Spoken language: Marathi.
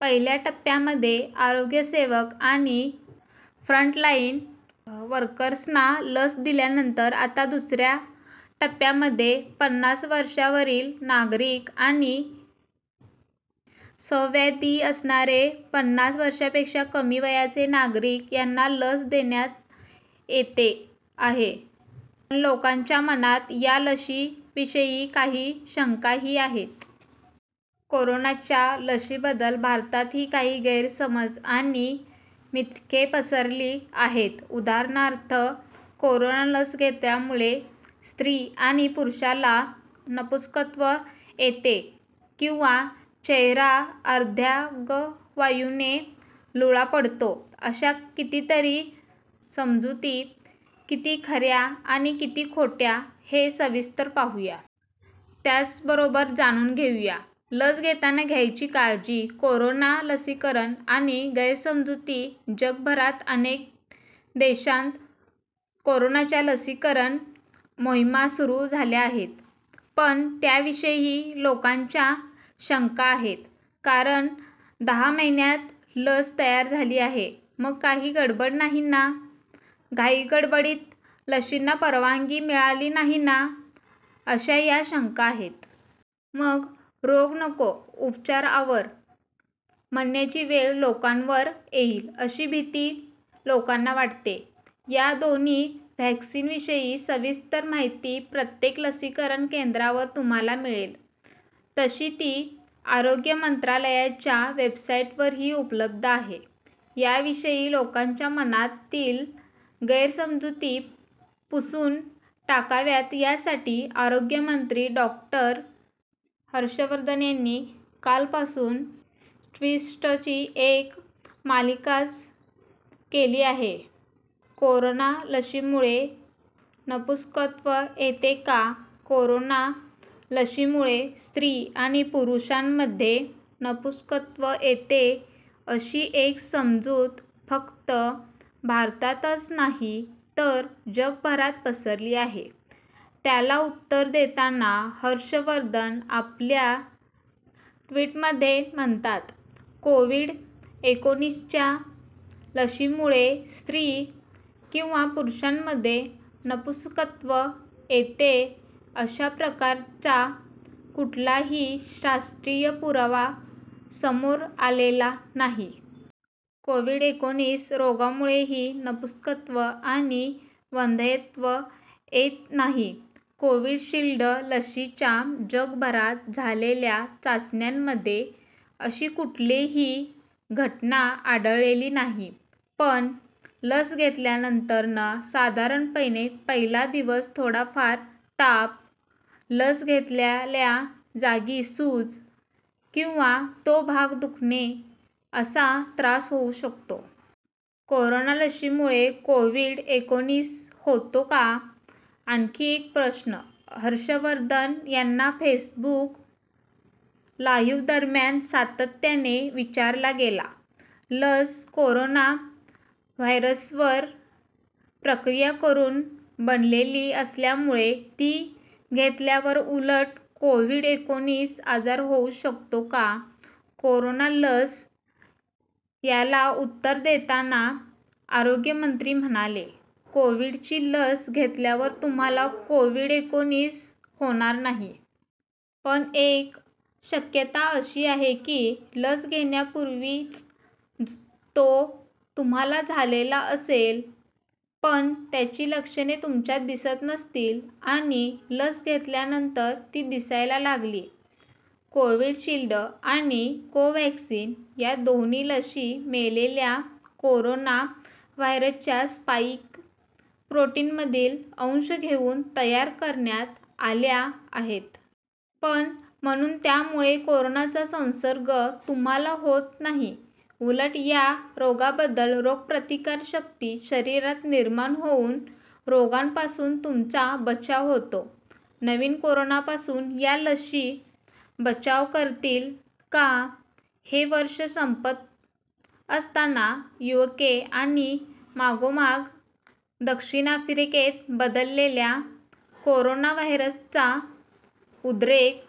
पहिल्या टप्प्यामध्ये आरोग्यसेवक आणि फ्रंटलाईन वर्कर्सना लस दिल्यानंतर आता दुसऱ्या टप्प्यामध्ये पन्नास वर्षांवरील नागरिक आणि सहव्याधी असणारे पन्नास वर्षांपेक्षा कमी वयाचे नागरिक यांना लस देण्यात येते आहे. पण लोकांच्या मनात या लशीविषयी काही शंकाही आहेत. कोरोनाच्या लशीबद्दल भारतातही काही गैरसमज आणि मिथके पसरली आहेत. उदाहरणार्थ, कोरोना लस घेतल्यामुळे स्त्री किंवा पुरुषाला नपुंसकत्व येते किंवा चेहरा अर्धांगवायूने लुळा पडतो, अशा कितीतरी समजुती किती खऱ्या आणि किती खोट्या हे सविस्तर पाहूया. त्याचबरोबर जाणून घेऊया लस घेताना घ्यायची काळजी. कोरोना लसीकरण आणि गैरसमजुती जगभरात अनेक देशांत कोरोनाच्या लसीकरण मोहिमा सुरू झाल्या आहेत. पण, त्याविषयीही लोकांच्या शंका आहेत. कारण, दहा महिन्यांत लस तयार झाली आहे. मग काही गडबड नाही ना, घाईगडबडीत लशींना परवानगी मिळाली नाही ना, अशा या शंका आहेत. मग 'रोग नको, उपचार आवर' म्हणण्याची वेळ लोकांवर येईल अशी भीती लोकांना वाटते. या दोन्ही व्हॅक्सिनविषयी सविस्तर माहिती प्रत्येक लसीकरण केंद्रावर तुम्हाला मिळेल. तशी ती आरोग्य मंत्रालयाच्या वेबसाईटवरही उपलब्ध आहे. याशिवाय लोकांच्या मनातील गैरसमजुती पुसून टाकाव्यात यासाठी आरोग्यमंत्री डॉ. हर्षवर्धन यांनी कालपासून ट्वीट्सची एक मालिकाच केली आहे. कोरोना लशीमुळे नपुंसकत्व येते का? कोरोना लशीमुळे स्त्री आणि पुरुषांमध्ये नपुंसकत्व येते अशी एक समजूत फक्त भारतातच नाही तर जगभरात पसरली आहे. त्याला उत्तर देताना, हर्षवर्धन आपल्या ट्वीटमध्ये म्हणतात, 'कोव्हिड एकोणीसच्या लशीमुळे स्त्री किंवा पुरुषांमध्ये नपुंसकत्व येते अशा प्रकारचा कुठलाही शास्त्रीय पुरावा समोर आलेला नाही. कोव्हिड एकोणीस रोगामुळेही नपुंसकत्व किंवा वंध्यत्व येत नाही.' कोविशिल्ड लशीच्या जगभरात झालेल्या चाचण्यांमध्ये अशी कुठलीही घटना आढळलेली नाही. पण, लस घेतल्यानंतर साधारणपणे पहिला दिवस थोडाफार ताप, लस घेतलेल्या जागी सूज किंवा तो भाग दुखणे असा त्रास होऊ शकतो. कोरोना लशीमुळे कोव्हिड एकोणीस होतो का? आणखी एक प्रश्न हर्षवर्धन यांना फेसबुक लाईव्हदरम्यान सातत्याने विचारला गेला. लस कोरोना व्हायरसवर प्रक्रिया करून बनलेली असल्यामुळे ती घेतल्यावर उलट कोव्हिड एकोणीस आजार होऊ शकतो का? कोरोना लस याला उत्तर देताना आरोग्यमंत्री म्हणाले, "कोव्हिडची लस घेतल्यावर तुम्हाला कोव्हिड एकोणीस होणार नाही. पण, एक शक्यता अशी आहे की, लस घेण्यापूर्वीच तो तुम्हाला झालेला असेल. पण, त्याची लक्षणे तुमच्यात दिसत नसतील आणि लस घेतल्यानंतर ती दिसायला लागली." कोविशिल्ड आणि कोवॅक्सिन या दोन्ही लशी मेलेल्या कोरोना व्हायरसच्या स्पाईक प्रोटीनमधील अंश घेऊन तयार करण्यात आल्या आहेत. पण, म्हणून त्यामुळे कोरोनाचा संसर्ग तुम्हाला होत नाही. उलट या रोगाबद्दल रोगप्रतिकारक शक्ती शरीरात निर्माण होऊन रोगापासून तुमचा बचाव होतो. नवीन कोरोनापासून या लशी बचाव करतील का? हे वर्ष संपत असताना युके आणि मागोमाग दक्षिण आफ्रिकेत बदललेल्या कोरोना व्हायरसचा उद्रेक